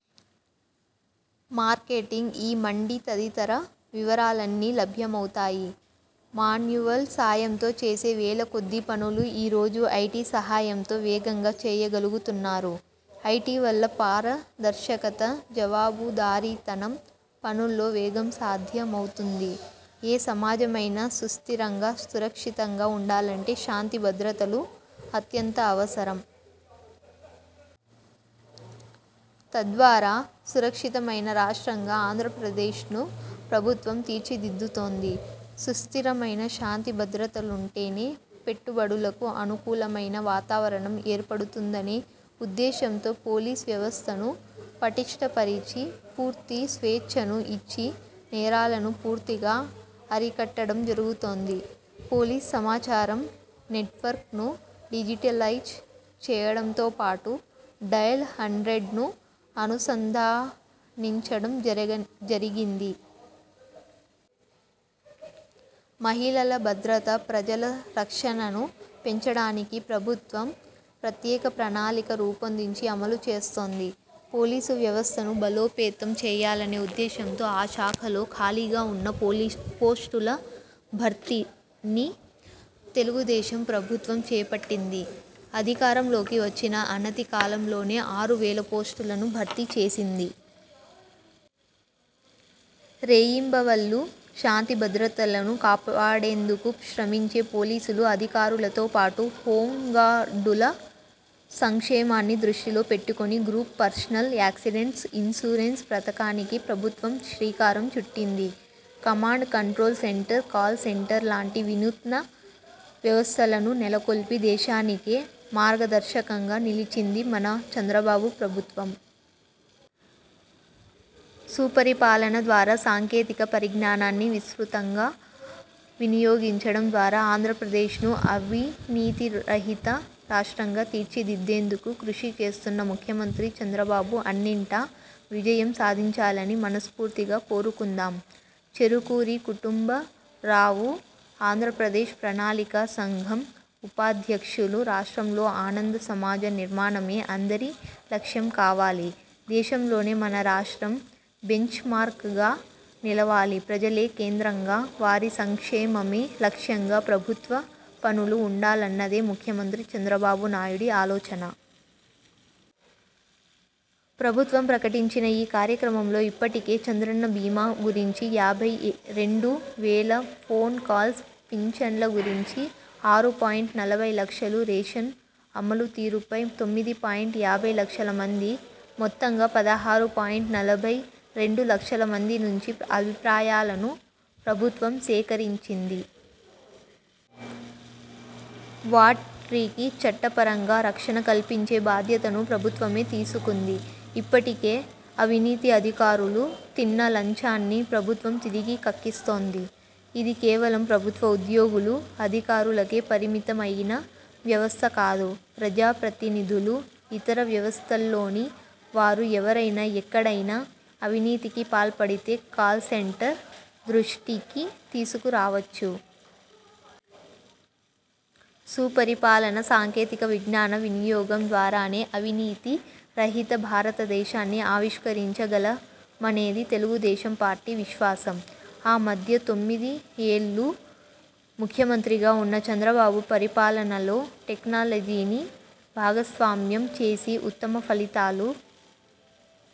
Marketing, ఈ-మండీ తదితర వివరాలన్నీ లభ్యమవుతాయి. మాన్యువల్ సాయంతో చేసే వేల కొద్దీ పనులు ఈ రోజు ఐటీ సహాయంతో వేగంగా చేయగలుగుతున్నారు. ఐటీ వల్ల పారదర్శకత, జవాబుదారీతనం, పనుల్లో వేగం సాధ్యమవుతుంది. ఏ సమాజమైనా సుస్థిరంగా, సురక్షితంగా ఉండాలంటే శాంతి భద్రతలు అత్యంత అవసరం. తద్వారా సురక్షితమైన రాష్ట్రంగా ఆంధ్రప్రదేశ్ను ప్రభుత్వం తీర్చిదిద్దుతోంది. సుస్థిరమైన శాంతి భద్రతలుంటేనే పెట్టుబడులకు అనుకూలమైన వాతావరణం ఏర్పడుతుందనే ఉద్దేశంతో పోలీస్ వ్యవస్థను పటిష్ఠ పరిచి, పూర్తి స్వేచ్ఛను ఇచ్చి నేరాలను పూర్తిగా అరికట్టడం జరుగుతోంది. పోలీస్ సమాచారం నెట్వర్క్ ను డిజిటలైజ్ చేయడంతోపాటు డయల్ హండ్రెడ్ ను అనుసంధానించడం జరిగింది. మహిళల భద్రత, ప్రజల రక్షణను పెంచడానికి ప్రభుత్వం ప్రత్యేక ప్రణాళిక రూపొందించి అమలు చేస్తోంది. పోలీసు వ్యవస్థను బలోపేతం చేయాలనే ఉద్దేశంతో ఆ శాఖలో ఖాళీగా ఉన్న పోస్టుల భర్తీని తెలుగుదేశం ప్రభుత్వం చేపట్టింది. అధికారంలోకి వచ్చిన అనతి కాలంలోనే ఆరు వేల పోస్టులను భర్తీ చేసింది. రేయింబవళ్లు శాంతి భద్రతలను కాపాడేందుకు శ్రమించే పోలీసులు, అధికారులతో పాటు హోంగార్డుల సంక్షేమాన్ని దృష్టిలో పెట్టుకొని గ్రూప్ పర్సనల్ యాక్సిడెంట్స్ ఇన్సూరెన్స్ పథకానికి ప్రభుత్వం శ్రీకారం చుట్టింది. Command control centre, call centre లాంటి వినూత్న వ్యవస్థలను నెలకొల్పి దేశానికే మార్గదర్శకంగా నిలిచింది మన చంద్రబాబు ప్రభుత్వం. సుపరిపాలన ద్వారా సాంకేతిక పరిజ్ఞానాన్ని విస్తృతంగా వినియోగించడం ద్వారా ఆంధ్రప్రదేశ్ను అవినీతిరహిత రాష్ట్రంగా తీర్చిదిద్దేందుకు కృషి చేస్తున్న ముఖ్యమంత్రి చంద్రబాబు అన్నింటా విజయం సాధించాలని మనస్ఫూర్తిగా కోరుకుందాం. చెరుకూరి కుటుంబరావుఆంధ్రప్రదేశ్ ప్రణాళికా సంఘం ఉపాధ్యక్షులు రాష్ట్రంలో ఆనంద సమాజ నిర్మాణమే అందరి లక్ష్యం కావాలి, దేశంలోనే మన రాష్ట్రం బెంచ్మార్క్ గా నిలవాలి, ప్రజలే కేంద్రంగా వారి సంక్షేమమే లక్ష్యంగా ప్రభుత్వ పనులు ఉండాలన్నదే ముఖ్యమంత్రి చంద్రబాబునాయుడి అలోచన. ప్రభుత్వం ప్రకటించిన ఈ కార్యక్రమంలో ఇప్పటికే చంద్రన్న బీమా గురించి యాభై రెండు వేల ఫోన్ కాల్స్, పింఛన్ల గురించి ఆరు పాయింట్ నలభై లక్షలు, రేషన్ అమలు తీరుపై తొమ్మిది పాయింట్ యాభై లక్షల మంది. మొత్తంగా పదహారు పాయింట్ నలభై రెండు లక్షల మంది నుంచి అభిప్రాయాలను ప్రభుత్వం సేకరించింది. వారికి చట్టపరంగా రక్షణ కల్పించే బాధ్యతను ప్రభుత్వమే తీసుకుంది. ఇప్పటికే అవినీతి అధికారులు తిన్న లంచాన్ని ప్రభుత్వం తిరిగి కక్కిస్తోంది. ఇది కేవలం ప్రభుత్వ ఉద్యోగులు, అధికారులకే పరిమితమయిన వ్యవస్థకాదు. ప్రజా ప్రతినిధులు, ఇతర వ్యవస్థల్లోని వారు ఎవరైనా ఎక్కడైనా అవినీతికి పాల్పడితే కాల్సెంటర్ దృష్టికి తీసుకురావచ్చు. సుపరిపాలన, సాంకేతిక విజ్ఞాన వినియోగం ద్వారానే అవినీతి రహిత భారతదేశాన్ని ఆవిష్కరించ గలమనేది తెలుగుదేశం పార్టీ విశ్వాసం. ఆ మధ్య తొమ్మిది ఏళ్లు ముఖ్యమంత్రిగా ఉన్న చంద్రబాబు పరిపాలనలో టెక్నాలజీని భాగస్వామ్యం చేసి ఉత్తమ ఫలితాలు